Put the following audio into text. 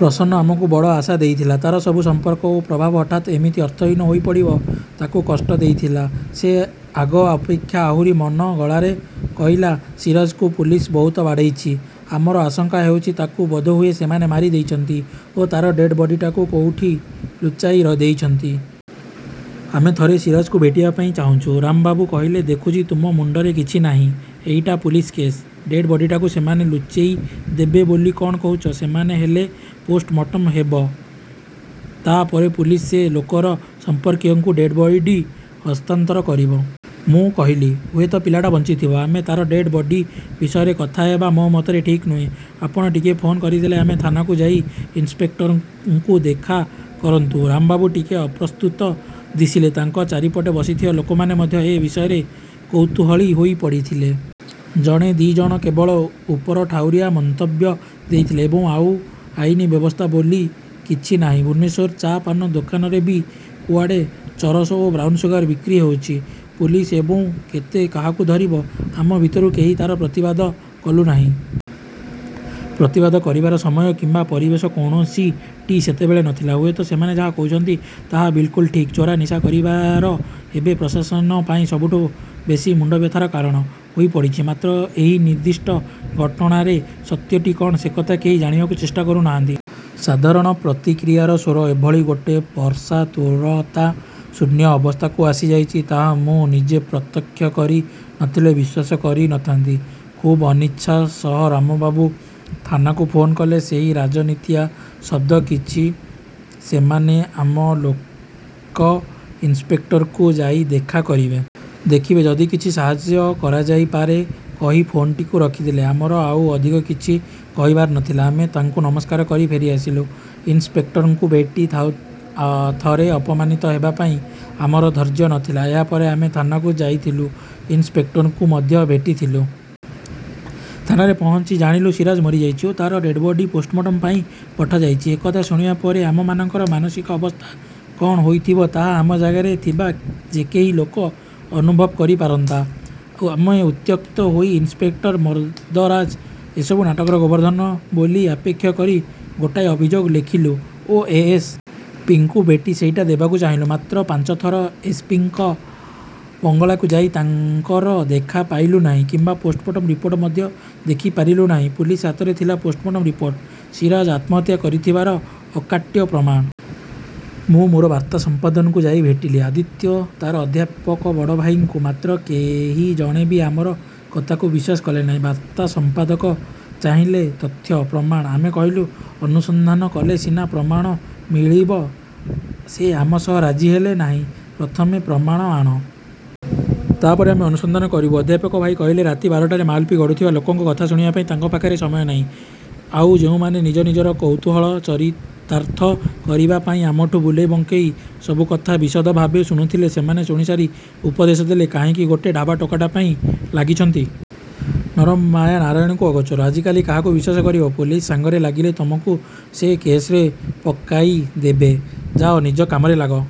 ପ୍ରସନ୍ନ ଆମକୁ ବଡ଼ ଆଶା ଦେଇଥିଲା। ତାର ସବୁ ସମ୍ପର୍କ ଓ ପ୍ରଭାବ ହଠାତ୍ ଏମିତି ଅର୍ଥହୀନ ହୋଇପଡ଼ିବା ତାକୁ କଷ୍ଟ ଦେଇଥିଲା। ସେ ଆଗ ଅପେକ୍ଷା ଆହୁରି ନମର ଗଳାରେ କହିଲା, "ସିରାଜକୁ ପୁଲିସ ବହୁତ ବାଡ଼େଇଛି। ଆମର ଆଶଙ୍କା ହେଉଛି ତାକୁ ବୋଧହୁଏ ସେମାନେ ମାରି ଦେଇଛନ୍ତି ଓ ତାର ଡେଡ୍ ବଡିଟାକୁ କୋଉଠି ଲୁଚେଇ ଦେଇଛନ୍ତି। ଆମେ ଥରେ ସିରାଜକୁ ଭେଟିବା ପାଇଁ ଚାହୁଁଛୁ। " ରାମବାବୁ କହିଲେ, "ଦେଖୁଛି ତୁମ ମୁଣ୍ଡରେ କିଛି ନାହିଁ। ଏଇଟା ପୁଲିସ କେସ୍। ଡେଡ୍ ବଡିଟାକୁ ସେମାନେ ଲୁଚେଇଦେବେ ବୋଲି କଣ କହୁଛ? ଯେମିତି ହେଲେ ପୋଷ୍ଟମର୍ଟମ୍ ହେବ। ତାପରେ ପୁଲିସ ସେ ଲୋକର ସମ୍ପର୍କୀୟଙ୍କୁ ଡେଡ୍ ବଡି ହସ୍ତାନ୍ତର କରିବ। " ମୁଁ କହିଲି, "ହୁଏତ ପିଲାଟା ବଞ୍ଚିଥିବ। ଆମେ ତାର ଡେଡ୍ ବଡି ବିଷୟରେ କଥା ହେବା ମୋ ମତରେ ଠିକ୍ ନୁହେଁ। ଆପଣ ଟିକିଏ ଫୋନ୍ କରିଦେଲେ ଆମେ ଥାନାକୁ ଯାଇ ଇନିସ୍ପେକ୍ଟରକୁ ଦେଖା କରନ୍ତୁ। " ରାମବାବୁ ଟିକେ ଅପ୍ରସ୍ତୁତ ଦିଶିଲେ। ତାଙ୍କ ଚାରିପଟେ ବସିଥିବା ଲୋକମାନେ ମଧ୍ୟ ଏ ବିଷୟରେ କୌତୂହଳୀ ହୋଇ ପଡ଼ିଥିଲେ। ଜଣେ ଦି'ଜଣ କେବଳ ଉପରଠାଉରିଆ ମନ୍ତବ୍ୟ ଦେଇଥିଲେ–ଏବେ ଆଉ ଆଇନ ବ୍ୟବସ୍ଥା ବୋଲି କିଛି ନାହିଁ। ଭୁବନେଶ୍ୱରର ଚା ପାନ ଦୋକାନରେ ବି କୁଆଡ଼େ ଚରସ ଓ ବ୍ରାଉନ୍ ସୁଗାର୍ ବିକ୍ରି ହେଉଛି। ପୁଲିସ ଏବେ କେତେ କାହାକୁ ଧରିବ! ଆମ ଭିତରୁ କେହି ତାର ପ୍ରତିବାଦ କଲୁନାହିଁ। ପ୍ରତିବାଦ କରିବାର ସମୟ କିମ୍ବା ପରିବେଶ କୌଣସିଟି ସେତେବେଳେ ନଥିଲା। ହୁଏତ ସେମାନେ ଯାହା କହୁଛନ୍ତି ତାହା ବିଲ୍କୁଲ୍। ଠିକ୍। ଚୋରା ନିଶା କାରବାର ଏବେ ପ୍ରଶାସନ ପାଇଁ ସବୁଠୁ ବେଶି ମୁଣ୍ଡବ୍ୟଥାର କାରଣ ହୋଇପଡ଼ିଛି। ମାତ୍ର ଏଇ ନିର୍ଦ୍ଦିଷ୍ଟ ଘଟଣାରେ ସତ୍ୟଟି କଣ, ସେକଥା କେହି ଜାଣିବାକୁ ଚେଷ୍ଟା କରୁନାହାନ୍ତି। ସାଧାରଣ ପ୍ରତିକ୍ରିୟାର ସ୍ୱର ଏଭଳି ଗୋଟେ ସ୍ପର୍ଶାତୁରତା ଶୂନ୍ୟ ଅବସ୍ଥାକୁ ଆସିଯାଇଛି। ତାହା ମୁଁ ନିଜେ ପ୍ରତ୍ୟକ୍ଷ କରି ନଥିଲେ ବିଶ୍ୱାସ କରି ନଥାନ୍ତି। ଖୁବ୍ ଅନିଚ୍ଛା ସହ ରାମବାବୁ ଥାନାକୁ ଫୋନ୍ କଲେ। ସେଇ ରାଜନୀତିଆ ଶବ୍ଦ କିଛି, "ସେମାନେ ଆମ ଲୋକ। ଇନିସ୍ପେକ୍ଟରଙ୍କୁ ଯାଇ ଦେଖା କରିବେ। ଦେଖିବେ, ଯଦି କିଛି ସାହାଯ୍ୟ କରାଯାଇ ପାରେ...। " କହି ଫୋନ୍ଟିକୁ ରଖିଦେଲେ। ଆମର ଆଉ ଅଧିକ କିଛି କହିବାର ନଥିଲା। ଆମେ ତାଙ୍କୁ ନମସ୍କାର କରି ଫେରିଆସିଲୁ। ଇନିସ୍ପେକ୍ଟରଙ୍କୁ ଭେଟି ଆଉ ଥରେ ଅପମାନିତ ହେବା ପାଇଁ ଆମର ଧୈର୍ଯ୍ୟ ନଥିଲା। ଏହାପରେ ଆମେ ଥାନାକୁ ଯାଇଥିଲୁ, ଇନିସ୍ପେକ୍ଟରଙ୍କୁ ମଧ୍ୟ ଭେଟିଥିଲୁ। ଥାନାରେ ପହଞ୍ଚି ଜାଣିଲୁ, ସିରାଜ ମରିଯାଇଛି ଓ ତାର ଡେଡ୍ ବଡି ପୋଷ୍ଟମର୍ଟମ ପାଇଁ ପଠାଯାଇଛି। ଏକଥା ଶୁଣିବା ପରେ ଆମମାନଙ୍କର ମାନସିକ ଅବସ୍ଥା କଣ ହୋଇଥିବ ତାହା ଆମ ଜାଗାରେ ଥିବା ଯେକେହି ଲୋକ ଅନୁଭବ କରିପାରନ୍ତା। ଆମେ ଉତ୍ତ୍ୟକ୍ତ ହୋଇ ଇନିସ୍ପେକ୍ଟର ମର୍ଦ୍ଦରାଜ ଏସବୁ ନାଟର ଗୋବର୍ଦ୍ଧନ ବୋଲି ଆକ୍ଷେପ କରି ଗୋଟେ ଅଭିଯୋଗ ଲେଖିଲୁ ଓ ଏସ୍. ପି. ଙ୍କୁ ଭେଟି ସେଇଟା ଦେବାକୁ ଚାହିଁଲୁ। ମାତ୍ର ପାଞ୍ଚଥର ଏସ୍. ପି. ଙ୍କ ବଙ୍ଗଳାକୁ ଯାଇ ତାଙ୍କର ଦେଖା ପାଇଲୁ ନାହିଁ କିମ୍ବା ପୋଷ୍ଟମର୍ଟମ ରିପୋର୍ଟ ମଧ୍ୟ ଦେଖିପାରିଲୁ ନାହିଁ। ପୁଲିସ ହାତରେ ଥିଲା ପୋଷ୍ଟମର୍ଟମ ରିପୋର୍ଟ, ସିରାଜ ଆତ୍ମହତ୍ୟା କରିଥିବାର ଅକାଟ୍ୟ ପ୍ରମାଣ। ମୁଁ ମୋର ବାର୍ତ୍ତା ସଂପାଦକଙ୍କୁ ଯାଇ ଭେଟିଲି, ଆଦିତ୍ୟ ତାର ଅଧ୍ୟାପକ ବଡ଼ଭାଇଙ୍କୁ। ମାତ୍ର କେହି ଜଣେ ବି ଆମ କଥାକୁ ବିଶ୍ୱାସ କଲେ ନାହିଁ। ବାର୍ତ୍ତା ସଂପାଦକ ଚାହିଁଲେ ତଥ୍ୟ, ପ୍ରମାଣ। ଆମେ କହିଲୁ, ଅନୁସନ୍ଧାନ କଲେ ସିନା ପ୍ରମାଣ ମିଳିବ। ସେ ଆମ ସହ ରାଜି ହେଲେ ନାହିଁ–ପ୍ରଥମେ ପ୍ରମାଣ ଆଣ। ତାପରେ ଆମେ ଅନୁସନ୍ଧାନ କରିବୁ। ଅଧ୍ୟାପକ ଭାଇ କହିଲେ, ରାତି ବାରଟାରେ ମାଲ୍ ପିଇ ଗଡ଼ୁଥିବା ଲୋକଙ୍କ କଥା ଶୁଣିବା ପାଇଁ ତାଙ୍କର ସମୟ ନାହିଁ। ଆଉ ଯୋଉମାନେ ନିଜ ନିଜର କୌତୂହଳ ଚରିତାର୍ଥ କରିବା ପାଇଁ ଆମଠୁଁ ବୁଲେଇ ବଙ୍କେଇ ସବୁକଥା ବିଶଦ ଭାବେ ଶୁଣୁଥିଲେ, ସେମାନେ ଶୁଣିସାରି ଉପଦେଶ ଦେଲେ, "କାହିଁକି ଗୋଟେ ଢାବା ଟୋକାଟା ପାଇଁ ଲାଗିଛନ୍ତି? ନର ମାୟା ନାରାୟଣଙ୍କୁ ଆଗୋଚର। ଆଜିକାଲି କାହାକୁ ବା ବିଶ୍ୱାସ କରିବ? ପୁଲିସ ସାଙ୍ଗରେ ଲାଗିଲେ ତମକୁ ସେ କେସରେ ପକେଇଦେବେ। ଯାଅ, ନିଜ କାମରେ ଲାଗ।